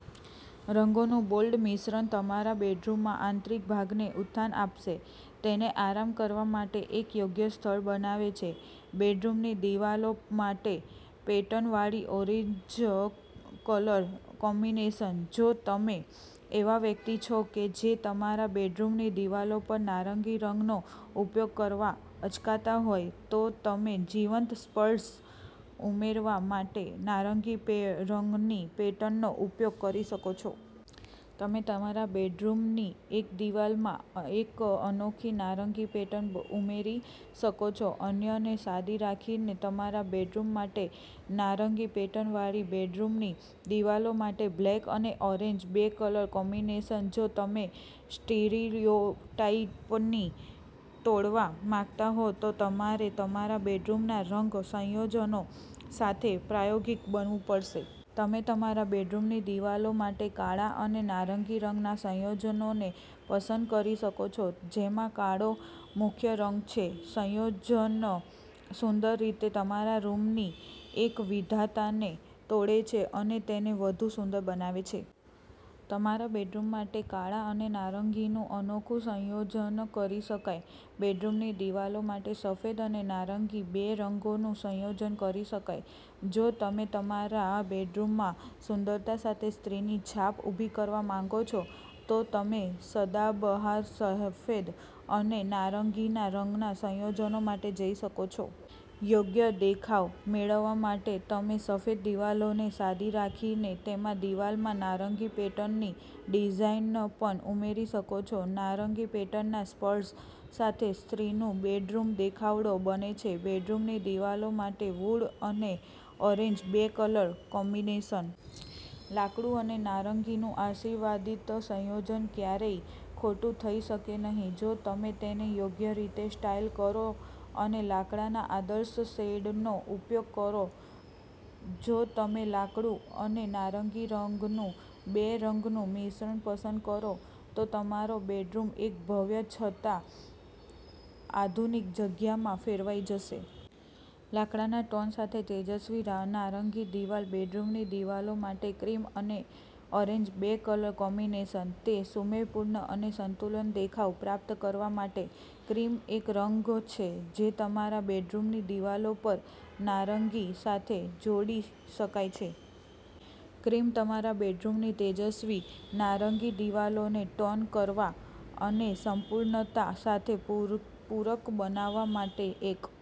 રંગોનું bold મિશ્રણ તમારા બેડરૂમના આંતરિક ભાગને ઉત્થાન આપશે, તેને આરામ કરવા માટે એક યોગ્ય સ્થળ બનાવે છે. બેડરૂમની દિવાલો માટે પેટર્નવાળી ઓરેન્જ કલર કોમ્બિનેશન. જો તમે એવા વ્યક્તિ છો કે જે તમારા બેડરૂમની દિવાલો પર નારંગી રંગનો ઉપયોગ કરવામાં અચકાતા હોય, તો તમે જીવંત સ્પર્શ ઉમેરવા માટે નારંગી રંગની પેટર્નનો ઉપયોગ કરી શકો છો. તમે તમારા બેડરૂમની એક દિવાલમાં એક અનોખી નારંગી પેટર્ન ઉમેરી શકો છો, અન્યને સાદી રાખીને. તમારા બેડરૂમ માટે નારંગી પેટર્નવાળી બેડરૂમની દિવાલો માટે બ્લેક અને ઓરેન્જ બે કલર કોમ્બિનેશન જો તમે સ્ટીરિયોટાઇપને તોડવા માંગતા હો, તો તમારે તમારા બેડરૂમના રંગ સંયોજનો સાથે પ્રાયોગિક બનવું પડશે. તમે તમારા બેડરૂમની દિવાલો માટે કાળા અને નારંગી રંગના સંયોજનને પસંદ કરી શકો છો, જેમાં કાળો મુખ્ય રંગ છે. સંયોજન સુંદર રીતે તમારા રૂમની એકવિધતાને તોડે છે અને તેને વધુ સુંદર બનાવે છે. તમારા બેડરૂમ માટે કાળા અને નારંગીનું અનોખું સંયોજન કરી શકાય. બેડરૂમની દિવાલો માટે સફેદ અને નારંગી બે રંગનું સંયોજન કરી શકાય. જો તમે તમારા બેડરૂમમાં સુંદરતા સાથે સ્ત્રીની છાપ ઉભી કરવા માંગો છો, તો તમે સદાબહાર સફેદ અને નારંગી રંગના સંયોજન માટે જઈ શકો છો. યોગ્ય દેખાવ મેળવવા માટે તમે સફેદ દિવાલોને સાદી રાખીને, તેમાં દિવાલમાં નારંગી પેટર્નની ડિઝાઇન પણ ઉમેરી શકો છો. નારંગી પેટર્નના સ્પર્શ સાથે સ્ત્રીનું બેડરૂમ દેખાવડો બને છે. બેડરૂમની દિવાલો માટે વુડ અને ઓરેન્જ બે કલર કોમ્બિનેશન. લાકડું અને નારંગીનું આશીર્વાદિત સંયોજન ક્યારેય ખોટું થઈ શકે નહિ, જો તમે તેને યોગ્ય રીતે સ્ટાઈલ કરો અને લાકડાના આદર્શ શેડનો ઉપયોગ કરો. જો તમે લાકડું અને નારંગી રંગનું બે રંગનું મિશ્રણ પસંદ કરો તો તમારો બેડરૂમ એક ભવ્ય છતાં આધુનિક જગ્યામાં ફેરવાઈ જશે. લાકડાના ટોન સાથે તેજસ્વી નારંગી દિવાલ, બેડરૂમની દિવાલો માટે ક્રીમ અને ઓરેન્જ બે કલર કોમ્બિનેશન. તે સુમેળપૂર્ણ અને સંતુલિત દેખાવ પ્રાપ્ત કરવા માટે, ક્રીમ એક રંગ છે જે તમારા બેડરૂમની દિવાલો પર નારંગી સાથે જોડી શકાય છે. ક્રીમ તમારા બેડરૂમની તેજસ્વી નારંગી દિવાલોને ટોન કરવા અને સંપૂર્ણતા સાથે પૂરક બનાવવા માટે એક